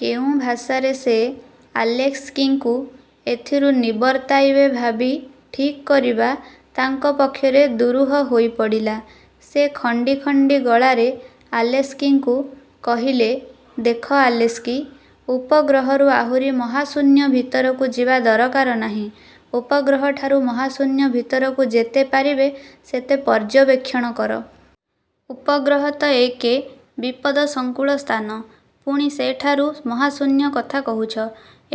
କେଉଁ ଭାଷାରେ ସେ ଆଲେସ୍କିଙ୍କୁ ଏଥିରୁ ନିବର୍ତ୍ତାଇବେ ଭାବି ଠିକ୍ କରିବା ତାଙ୍କ ପକ୍ଷରେ ଦୂରୁହ ହୋଇ ପଡ଼ିଲା। ସେ ଖଣ୍ଡି ଖଣ୍ଡି ଗଳାରେ ଆଲେସ୍କିଙ୍କୁ କହିଲେ, ''ଦେଖ ଆଲେସ୍କି, ଉପଗ୍ରହରୁ ଆହୁରି ମହାଶୂନ୍ୟ ଭିତରକୁ ଯିବା ଦରକାର ନାହିଁ। ଉପଗ୍ରହଠାରୁ ମହାଶୂନ୍ୟ ଭିତରକୁ ଯେତେ ପାରିବେ ସେତେ ପର୍ଯ୍ୟବେକ୍ଷଣ କର-। ଉପଗ୍ରହ ତ ଏକେ ବିପଦସଂକୁଳ ସ୍ଥାନ; ପୁଣି ସେଠାରୁ ମହାଶୂନ୍ୟ କଥା କହୁଛ,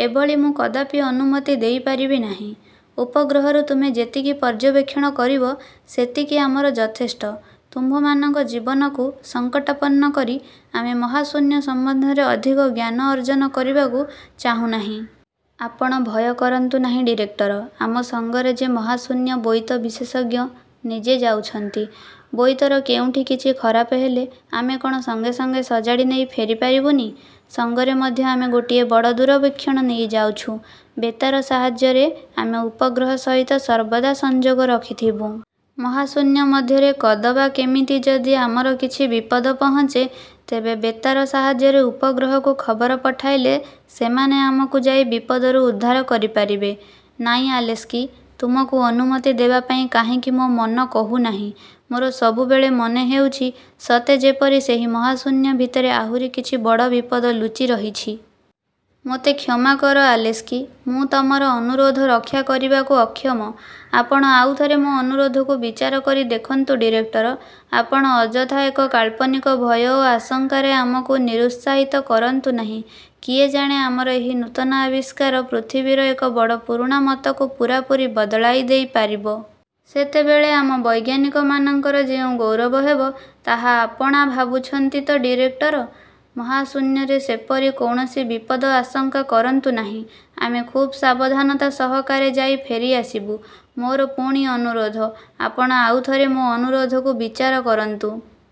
ଏଭଳି ମୁଁ କଦାପି ଅନୁମତି ଦେଇପାରିବି ନାହିଁ। ଉପଗ୍ରହରୁ ତୁମେ ଯେତିକି ପର୍ଯ୍ୟବେକ୍ଷଣ କରିବ, ସେତିକି ଆମର ଯଥେଷ୍ଟ। ତୁମ୍ଭମାନଙ୍କ ଜୀବନକୁ ସଂକଟାପନ୍ନ କରି ଆମେ ମହାଶୂନ୍ୟ ସମ୍ବନ୍ଧରେ ଅଧିକ ଜ୍ଞାନ ଅର୍ଜନ କରିବାକୁ ଚାହୁଁ ନାହିଁ। '' ''ଆପଣ ଭୟ କରନ୍ତୁ ନାହିଁ ଡିରେକ୍ଟର! ଆମ ସଙ୍ଗରେ ଯେ ମହାଶୂନ୍ୟ-ବୋଇତ-ବିଶେଷଜ୍ଞ ନିଜେ ଯାଉଛନ୍ତି। ବୋଇତର କେଉଠିଁ କିଛି ଖରାପ ହେଲେ ଆମେ କ'ଣ ସଙ୍ଗେ ସଙ୍ଗେ ସଜାଡ଼ି ନେଇ ଫେରିପାରିବୁନି? ସଙ୍ଗରେ ମଧ୍ୟ ଆମେ ଗୋଟିଏ ବଡ଼ ଦୂରବୀକ୍ଷଣ ନେଇ ଯାଉଛୁଁ-। ବେତାର ସାହାଯ୍ୟରେ ଆମେ ଉପଗ୍ରହ ସହିତ ସର୍ବଦା ସଂଯୋଗ ରଖିଥିବୁଁ। ମହାଶୂନ୍ୟ ମଧ୍ୟରେ କଦବା କେମିତି ଯଦି ଆମର କିଛି ବିପଦ ପହଞ୍ଚେ, ତେବେ ବେତାର ସାହାଯ୍ୟରେ ଉପଗ୍ରହକୁ ଖବର ପଠାଇଲେ ସେମାନେ ଆମକୁ ଯାଇ ବିପଦରୁ ଉଦ୍ଧାର କରି ପାରିବେ। '' ''ନାଇଁ ଆଲେସ୍କି! ତୁମକୁ ଅନୁମତି ଦେବାପାଇଁ କାହିଁକି ମୋ ମନ କହୁନାହିଁ। ମୋର ସବୁବେଳେ ମନେ ହେଉଛି, ସତେ ଯେପରି ସେହି ମହାଶୂନ୍ୟ ଭିତରେ ଆହୁରି କିଛି ବଡ଼ ବିପଦ ଲୁଚିରହିଛି। ମୋତେ କ୍ଷମାକର ଆଲେସ୍କି! ମୁଁ ତମର ଅନୁରୋଧ ରକ୍ଷା କରିବାକୁ ଅକ୍ଷମ। '' ଆପଣ ଆଉ ଥରେ ମୋ ଆନୁରୋଧକୁ ବିଚାର କରି ଦେଖନ୍ତୁ ଡିରେକ୍ଟର! ଆପଣ ଅଯଥା ଏକ କାଳ୍ପନିକ ଭୟ ଓ ଆଶଙ୍କାରେ ଆମକୁ ନିରୁତ୍ସାହିତ କରନ୍ତୁ ନାହିଁ। କିଏ ଜାଣେ ଆମର ଏହି ନୂତନ ଆବିଷ୍କାର ପୃଥିବୀର ଏକ ବଡ଼ ପୁରୁଣା ମତକୁ ପୂରାପୂରି ବଦଳାଇଦେଇ ପାରିବ। ସେତେବେଳେ ଆମ ବୈଜ୍ଞାନିକମାନଙ୍କର ଯେଉଁ ଗୌରବ ହେବ, ତାହା ଆପଣା ଭାବୁଛନ୍ତି ତ ଡିରେକ୍ଟର? ମହାଶୂନ୍ୟରେ ସେପରି କୌଣସି ବିପଦ ଆଶଙ୍କା କରନ୍ତୁ ନାହିଁ। ଆମେ ଖୁବ୍ ସାବଧାନତା ସହକାରେ ଯାଇ ଫେରିଆସିବୁ। ମୋର ପୁଣି ଅନୁରୋଧ, ''ଆପଣ ଆଉ ଥରେ ମୋ ଅନୁରୋଧକୁ ବିଚାର କରନ୍ତୁ।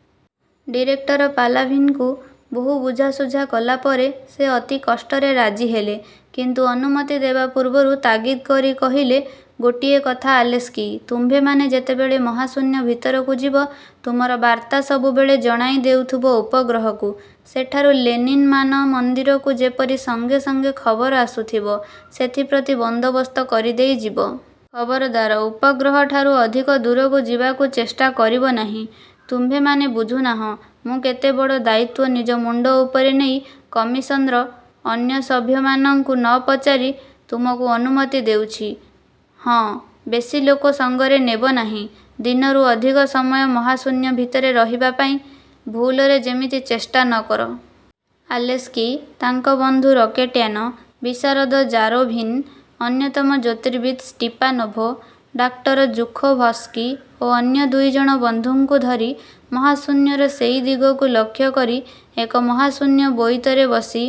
'' ଡିରେକ୍ଟର ପାଲାଭିନ୍ଙ୍କୁ ବହୁ ବୁଝାସୁଝା କଲାପରେ ସେ ଅତି କଷ୍ଟରେ ରାଜି ହେଲେ; କିନ୍ତୁ ଅନୁମତି ଦେବା ପୂର୍ବରୁ ତାଗିଦ୍ କରି କହିଲେ, ''ଗୋଟିଏ କଥା ଆଲେସ୍କି! ତୁମ୍ଭେମାନେ ଯେତେବେଳେ ମହାଶୂନ୍ୟ ଭିତରକୁ ଯିବ, ତୁମର ବାର୍ତ୍ତା ସବୁବେଳେ ଜଣାଇ ଦେଉଥିବ ଉପଗ୍ରହକୁ-। ସେଠାରୁ ଲେନିନ୍ ମାନମନ୍ଦିରକୁ ଯେପରି ସଙ୍ଗେ ସଙ୍ଗେ ଖବର ଆସୁଥିବ, ସେଥିପ୍ରତି ବନ୍ଦୋବସ୍ତ କରିଦେଇ ଯିବ। ଖବରଦାର, ଉପଗ୍ରହଠାରୁ ଅଧିକ ଦୂରକୁ ଯିବାକୁ ଚେଷ୍ଟା କରିବ ନାହିଁ-। ତୁମ୍ଭେମାନେ ବୁଝୁନାହଁ, ମୁଁ କେତେ ବଡ଼ ଦାୟିତ୍ୱ ନିଜ ମୁଣ୍ଡ ଉପରେ ନେଇ କମିଶନ୍ର ଅନ୍ୟ ସଭ୍ୟମାନଙ୍କୁ ନ ପଚାରି ତୁମକୁ ଅନୁମତି ଦେଉଛି। ହଁ, ବେଶି ଲୋକ ସଙ୍ଗରେ ନେବ ନାହିଁ। ଦିନରୁ ଅଧିକ ସମୟ ମହାଶୂନ୍ୟ ଭିତରେ ରହିବା ପାଇଁ ଭୁଲରେ ଯେମିତି ଚେଷ୍ଟା ନ କର। '' ଆଲେସ୍କି, ତାଙ୍କ ବନ୍ଧୁ ରକେଟ୍ଯାନ-ବିଶାରଦ ଜାରୋଭିନ୍, ଅନ୍ୟତମ ଜ୍ୟୋତିର୍ବିତ୍ ଷ୍ଟିପାନୋଭ, ଡାକ୍ତର ଜୁଖୋଭସ୍କି ଓ ଅନ୍ୟ ଦୁଇଜଣ ବନ୍ଧୁଙ୍କୁ ଧରି ମହାଶୂନ୍ୟର ସେଇ ଦିଗକୁ ଲକ୍ଷ୍ୟକରି ଏକ ମହାଶୂନ୍ୟ ବୋଇତରେ ବସି